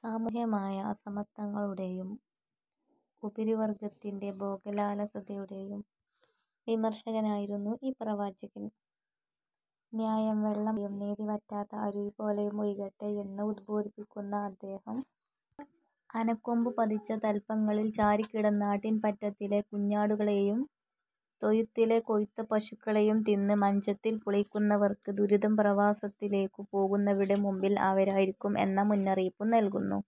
സാമൂഹ്യമായ അസമത്വങ്ങളുടേയും ഉപരിവർഗ്ഗത്തിന്റെ ഭോഗലാലസതയുടേയും വിമർശകനായിരുന്നു ഈ പ്രവാചകൻ. "ന്യായം വെള്ളംപോലെയും നീതി വറ്റാത്ത അരുവിപോലെയും ഒഴുകട്ടെ" എന്ന് ഉദ്ബോധിപ്പിക്കുന്ന അദ്ദേഹം, "ആനക്കൊമ്പു പതിച്ച തല്പങ്ങളിൽ ചാരിക്കിടന്ന് ആട്ടിൻപറ്റത്തിലെ കുഞ്ഞാടുകളേയും, തൊഴുത്തിലെ കൊഴുത്ത പശുക്കളേയും തിന്ന് മഞ്ചത്തിൽ പുളയ്ക്കുന്നവർക്ക് ദുരിതംപ്രവാസത്തിലേക്കു പോകുന്നവരുടെ മുമ്പിൽ അവരായിരിക്കും" എന്ന മുന്നറിയിപ്പും നൽകുന്നു.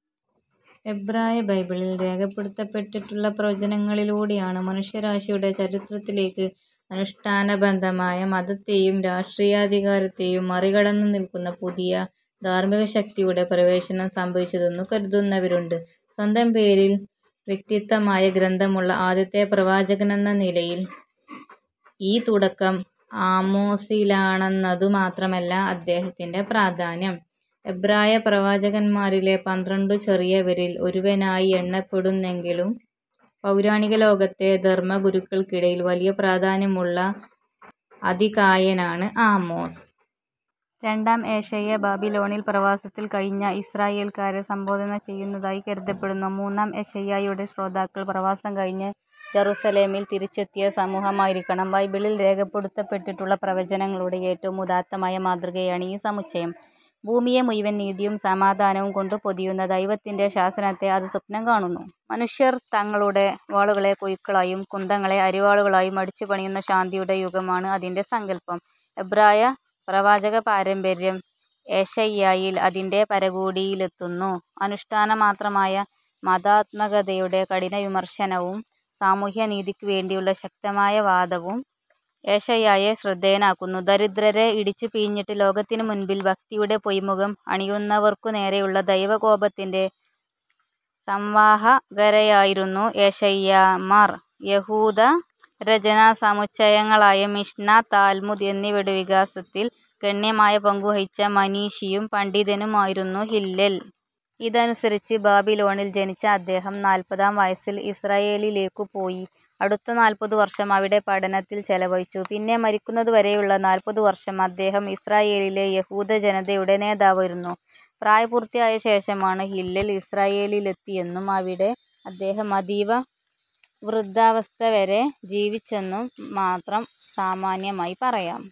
എബ്രായബൈബിളിൽ രേഖപ്പെടുത്തപ്പെട്ടിട്ടുള്ള പ്രവചനങ്ങളിലൂടെയാണ്, മനുഷ്യരാശിയുടെ ചരിത്രത്തിലേക്ക് അനുഷ്ഠാനബദ്ധമായ മതത്തെയും രഷ്ട്രീയാധികാരത്തേയും മറികടന്നു നിൽക്കുന്ന പുതിയ ധാർമ്മികശക്തിയുടെ പ്രവേശനം സംഭവിച്ചതെന്നു കരുതുന്നവരുണ്ട്. സ്വന്തം പേരിൽ വ്യതിരിക്തമായ ഗ്രന്ഥമുള്ള ആദ്യത്തെ പ്രവാചകനെന്ന നിലയിൽ, ഈ തുടക്കം ആമോസിലാണെന്നതു മാത്രമല്ല അദ്ദേഹത്തിന്റെ പ്രാധാന്യം. എബ്രായ പ്രവാചകന്മാരിലെ പന്ത്രണ്ടു 'ചെറിയവരിൽ' ഒരുവനായി എണ്ണപ്പെടുന്നെങ്കിലും, പൗരാണികലോകത്തെ ധർമ്മഗുരുക്കൾക്കിടയിൽ വലിയ പ്രാധാന്യമുള്ള അതികായനാണ് ആമോസ്. രണ്ടാം ഏശയ്യാ ബാബിലോണിൽ പ്രവാസത്തിൽ കഴിഞ്ഞ ഇസ്രായേൽക്കാരെ സംബോധന ചെയ്യുന്നതായി കരുതപ്പെടുന്നു. മൂന്നാം ഏശയ്യായുടെ ശ്രോതാക്കൾ പ്രവാസം കഴിഞ്ഞ് ജറുസലെമിൽ തിരിച്ചെത്തിയ സമൂഹമായിരിക്കണം. ബൈബിളിൽ രേഖപ്പെടുത്തപ്പെട്ടിട്ടുള്ള പ്രവചനങ്ങളുടെ ഏറ്റവും ഉദാത്തമായ മാതൃകയാണ് ഈ സമുച്ചയം. ഭൂമിയെ മുഴുവൻ നീതിയും സമാധാനവും കൊണ്ടുപൊതിയുന്ന ദൈവത്തിന്റെ ശാസനത്തെ അത് സ്വപ്നം കാണുന്നു. മനുഷ്യർ തങ്ങളുടെ "വാളുകളെ കൊഴുക്കളായും കുന്തങ്ങളെ അരിവാളുകളായും അടിച്ചുപണിയുന്ന" ശാന്തിയുടെ യുഗമാണ് അതിന്റെ സങ്കല്പം. എബ്രായപ്രവാചകപാരമ്പര്യം ഏശയ്യായിൽ അതിന്റെ പരകോടിയിലെത്തുന്നു. അനുഷ്ഠാനമാത്രമായ മതാത്മകതയുടെ കഠിനവിമർശനവും സാമൂഹ്യനീതിക്കുവേണ്ടിയുള്ള ശക്തമായ വാദവും ഏശയ്യായെ ശ്രദ്ധേയനാക്കുന്നു. ദരിദ്രരെ ഇടിച്ചുപിഴിഞ്ഞിട്ട് ലോകത്തിനുമുൻപിൽ ഭക്തിയുടെ പൊയ്മുഖം അണിയുന്നവർക്കുനേരേയുള്ള ദൈവകോപത്തിന്റെ സംവാഹകരായിരുന്നു 'ഏശയ്യാമാർ'. യഹൂദരചനാസമുച്ചയങ്ങളായ മിഷ്ന, താൽമുദ് എന്നിവയുടെ വികാസത്തിൽ ഗണ്യമായ പങ്കുവഹിച്ച മനീഷിയും പണ്ഡിതനുമായിരുന്നു ഹില്ലൽ. ഇതനുസരിച്ച്, ബാബിലോണിൽ ജനിച്ച അദ്ദേഹം നാല്പതാം വയസ്സിൽ ഇസ്രായേലിലേയ്ക്കു പോയി, അടുത്ത നാല്പതു വർഷം അവിടെ പഠനത്തിൽ ചെലവഴിച്ചു; പിന്നെ മരിക്കുന്നതുവരെയുള്ള നാല്പതുവരുഷം അദ്ദേഹം ഇസ്രായേലിലെ യഹൂദജനതയുടെ നേതാവായിരുന്നു. പ്രായപൂർത്തിയായ ശേഷമാണ് ഹില്ലൽ ഇസ്രായേലിലെത്തിയെന്നും അവിടെ അദ്ദേഹം അതീവ വൃദ്ധാവസ്ഥവരെ ജീവിച്ചെന്നും മാത്രം സാമാന്യമായി പറയാം.